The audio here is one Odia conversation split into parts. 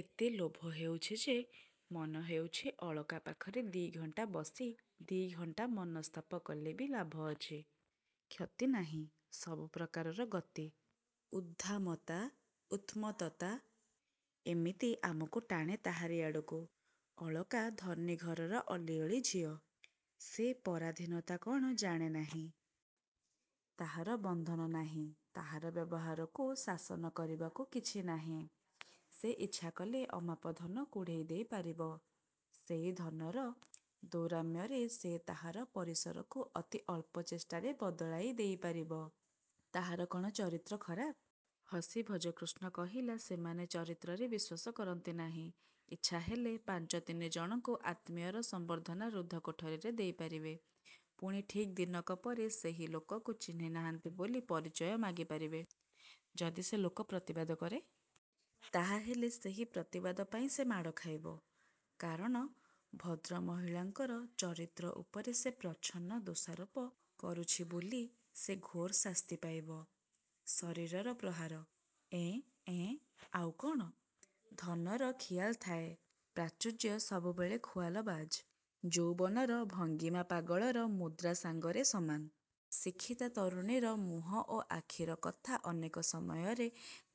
ଏତେ ଲୋଭ ହେଉଛି ଯେ ମନେହେଉଛି ଅଳକା ପାଖରେ ଦି'ଘଣ୍ଟା ବସି ଦି'ଦିନ ମନସ୍ତାପ କଲେ ବି ଲାଭ ଅଛି-କ୍ଷତି ନାହିଁ। -ସବୁ ପ୍ରକାରର ଗତି, ଉଦ୍ଦାମତା, ଉନ୍ମତ୍ତତା ଏମିତି ଆମକୁ ଟାଣେ ତାହାରି ଆଡ଼କୁ। ଅଳକା ଧନୀ ଘରର ଅଲିଅଳି ଝିଅ। ସେ ପରାଧୀନତା କ'ଣ ଜାଣେ ନାହିଁ। ତାହାର ବନ୍ଧନ ନାହିଁ-। ତାହାର ବ୍ୟବହାରକୁ ଶାସନ କରିବାକୁ କିଛି ନାହିଁ। ସେ ଇଚ୍ଛା କଲେ ଅମାପ ଧନ କୁଢ଼େଇ ଦେଇ ପାରିବ। ସେଇ ଧନର ଦୌରାତ୍ମ୍ୟରେ ସେ ତାହାର ପରିସରକୁ ଅତି ଅଳ୍ପ ଚେଷ୍ଟାରେ ବଦଳାଇ ଦେଇ ପାରିବ। -ତାହାର କ'ଣ ଚରିତ୍ର ଖରାପ? ହସି ଭଜକୃଷ୍ଣ କହିଲା-ସେମାନେ ଚରିତ୍ରରେ ବିଶ୍ୱାସ କରନ୍ତି ନାହିଁ। ଇଚ୍ଛା ହେଲେ ପାଞ୍ଚ ତିନିଜଣଙ୍କୁ ଆତ୍ମୀୟର ସମ୍ବର୍ଦ୍ଧନା ରୁଦ୍ଧ କୋଠରୀରେ ଦେଇ ପାରିବେ। ପୁଣି ଠିକ୍ ଦିନକ ପରେ ସେହି ଲୋକକୁ ଚିହ୍ନି ନାହାଁନ୍ତି ବୋଲି ପରିଚୟ ମାଗି ପାରିବେ। -ଯଦି ସେ ଲୋକ ପ୍ରତିବାଦ କରେ। -ତାହାହେଲେ ସେହି ପ୍ରତିବାଦ ପାଇଁ ସେ ମାଡ଼ ଖାଇବ। କାରଣ ଭଦ୍ରମହିଳାଙ୍କର ଚରିତ୍ର ଉପରେ ସେ ପ୍ରଚ୍ଛନ୍ନ ଦୋଷାରୋପ କରୁଛି ବୋଲି ସେ ଘୋର ଶାସ୍ତି ପାଇବ-ଶାରିରୀକ ପ୍ରହାର। -ଏଁ-ଏଁ। -ଆଉ କ'ଣ? ଧନର ଖିଆଲ ଥାଏ। ପ୍ରାଚୁର୍ଯ୍ୟ ସବୁବେଳେ ଖିଆଲବାଜ୍। ଯୌବନର ଭଙ୍ଗିମା ପାଗଳର ମୁଦ୍ରା ସାଙ୍ଗରେ ସମାନ। ଶିକ୍ଷିତା ତରୁଣୀର ମୁହଁ ଓ ଆଖିର କଥା ଅନେକ ସମୟରେ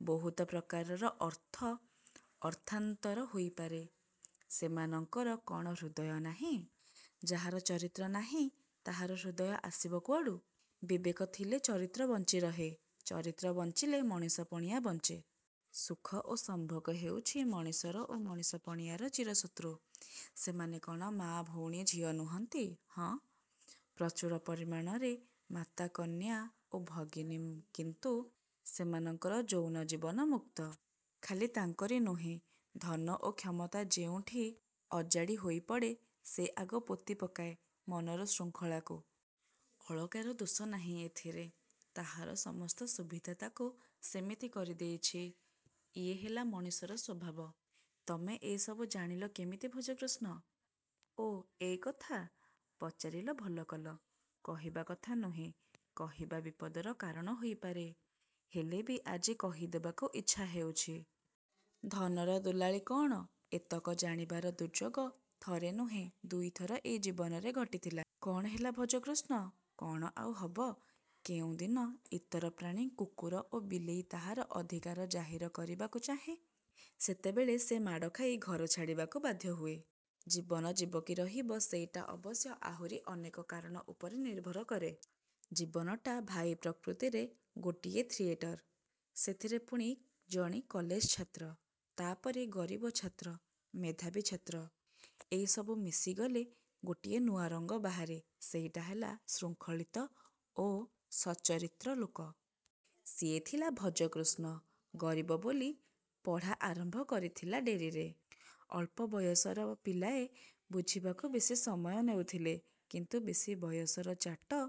ବହୁତ ପ୍ରକାରର ଅର୍ଥ ଅର୍ଥାନ୍ତର ହୋଇପାରେ। -ସେମାନଙ୍କର କ'ଣ ହୃଦୟ ନାହିଁ? -ଯାହାର ଚରିତ୍ର ନାହିଁ, ତାହାର ହୃଦୟ ଆସିବ କୁଆଡ଼ୁ? ବିବେକ ଥିଲେ ଚରିତ୍ର ବଞ୍ଚିରହେ। ଚରିତ୍ର ବଞ୍ଚିଲେ ମଣିଷ ପଣିଆ ବଞ୍ଚେ। ସୁଖ ଓ ସମ୍ଭୋଗ ହେଉଛି ମଣିଷର ଓ ମଣିଷ ପଣିଆର ଚିରଶତ୍ରୁ। -ସେମାନେ କ'ଣ ମା, ଭଉଣୀ, ଝିଅ ନୁହଁନ୍ତି? -ହଁ। ପ୍ରଚୁର ପରିମାଣରେ ମାତା, କନ୍ୟା ଓ ଭଗିନୀ କିନ୍ତୁ ସେମାନଙ୍କର ଯୌନ ଜୀବନ ମୁକ୍ତ। ଖାଲି ତାଙ୍କରି ନୁହେଁ ଧନ ଓ କ୍ଷମତା ଯେଉଁଠି ଅଜାଡ଼ି ହୋଇପଡ଼େ ସେ ଆଗ ପୋତିପକାଏ ମନର ଶୃଙ୍ଖଳାକୁ। ଅଳକାର ଦୋଷ ନାହିଁ ଏଥିରେ ତାହାର ସମସ୍ତ ସୁବିଧା ତା'କୁ ସେମିତି କରିଦେଇଛି। ଇଏ ହେଲା ମଣିଷର ସ୍ୱଭାବ। -ତମେ ଏସବୁ ଜାଣିଲ କେମିତି ଭଜକୃଷ୍ଣ? -ଓ, ଏ କଥା? ପଚାରିଲ ଭଲ କଲ? କହିବା କଥା ନୁହେଁ। କହିବା ବିପଦର କାରଣ ହେଇପାରେ। ହେଲେ ବି ଆଜି କହି ଦେବାକୁ ଇଚ୍ଛା ହେଉଛି। ଧନର ଦୁଲାଳୀ କ'ଣ? -ଏତକ ଜାଣିବାର ଦୁର୍ଯ୍ୟୋଗ ଥରେ ନୁହେଁ ଦୁଇଥର ଏଇ ଜୀବନରେ ଘଟିଥିଲା। -କ'ଣ ହେଲା-ଭଜକୃଷ୍ଣ? -କ'ଣ ଆଉ ହବ? ଯେଉଁଦିନ ଇତର ପ୍ରାଣୀ କୁକୁର କି ବିଲେଇ ତାହାର ଅଧିକାର ଜାହିର କରିବାକୁ ଚାହେଁ ସେତେବେଳେ ସେ ମାଡ଼ ଖାଇ ଘର ଛାଡ଼ିବାକୁ ବାଧ୍ୟ ହୁଏ। ଜୀବନ ଯିବ କି ରହିବ-ସେଇଟା ଅବଶ୍ୟ ଆହୁରି ଅନେକ କାରଣ ଉପରେ ନିର୍ଭର କରେ। ଜୀବନଟା ଭାଇ ପ୍ରକୃତରେ ଗୋଟାଏ ଥିଏଟର୍। ସେଥିରେ ପୁଣି ଜଣେ କଲେଜ ଛାତ୍ର-ତା'ପରେ-ଗରିବ ଛାତ୍ର, ମେଧାବୀ ଛାତ୍ର। ଏସବୁ ମିଶିଗଲେ ଗୋଟାଏ ନୂଆରଙ୍ଗ ବାହାରେ-ସେଇଟା ହେଲା ଶୃଙ୍ଖଳିତ ଓ ସଚ୍ଚରିତ୍ର ଲୋକ। ସିଏ ଥିଲା ଭଜକୃଷ୍ଣ। ଗରିବ ବୋଲି ପଢ଼ା ଆରମ୍ଭ କରିଥିଲା ଡେରିରେ। ଅଳ୍ପ ବୟସର ପିଲାଏ ବୁଝିବାକୁ ବେଶି ସମୟ ନେଉଥିଲେ, କିନ୍ତୁ ବେଶି ବୟସର ଚାଟ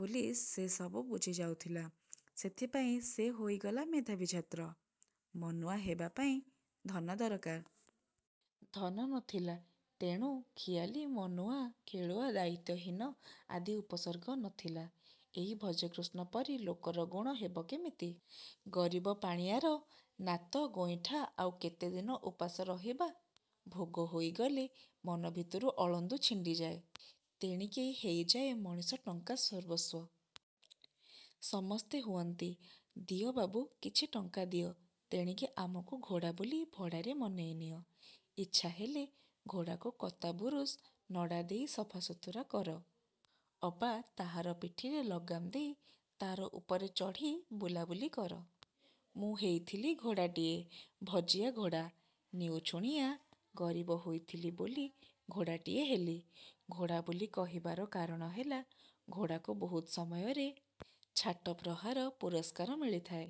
ବୋଲି ସେ ସବୁ ବୁଝି ଯାଉଥିଲା। ସେଥିପାଇଁ ସେ ହୋଇଗଲା ମେଧାବୀ ଛାତ୍ର। ମନୁଆ ହେବାପାଇଁ ଧନ ଦରକାର। ଧନ ନ ଥିଲା। ତେଣୁ ଖିଆଲି, ମନୁଆ, ଖେଳୁଆ, ଦାୟିତ୍ୱହୀନ ଆଦି ଉପସର୍ଗ ନ ଥିଲା। ଏଇ ଭଜକୃଷ୍ଣ ପରି ଲୋକର ଗୁଣ ହେବ କେମିତି? ଗରିବ ପଣିଆର ନାତ ଗୋଇଠା ଆଉ କେତେଦିନ ଉପାସ ରହିବା ଭୋଗ ହୋଇଗଲେ ମନଭିତରୁ ଅଳନ୍ଧୁ ଛିଣ୍ଡିଯାଏ। ତେଣିକି ହେଇଯାଏ ମଣିଷ ଟଙ୍କା-ସର୍ବସ୍ୱ। ସମସ୍ତେ ହୁଅନ୍ତି। -ଦିଅ ବାବୁ କିଛି ଟଙ୍କା ଦିଅ। ତେଣିକି ଆମକୁ ଘୋଡ଼ା ବୋଲି ଭଡ଼ାରେ ମନେଇ ନିଅ-। ଇଚ୍ଛା ହେଲେ ଘୋଡ଼ାକୁ କତା ବୁରୁସ, ନଡ଼ା ଦେଇ ସଫାସୁତୁରା କର ଅବା ତାହାର ପାଟିରେ ଲଗାମ ଦେଇ ତା'ର ଉପରେ ଚଢ଼ି ବୁଲାବୁଲି କର। ମୁଁ ହେଇଥିଲି ଘୋଡ଼ାଟିଏ-ଭଜିଆ ଘୋଡ଼ା। ନିଉଛୁଣିଆ ଗରିବ ହୋଇଥିଲି ବୋଲି ଘୋଡ଼ାଟିଏ ହେଲି। ଘୋଡ଼ା ବୋଲି କହିବାର କାରଣ ହେଲା-ଘୋଡ଼ାକୁ ବହୁତ ସମୟରେ ଛାଟ ପ୍ରହାର ପୁରସ୍କାର ମିଳିଥାଏ।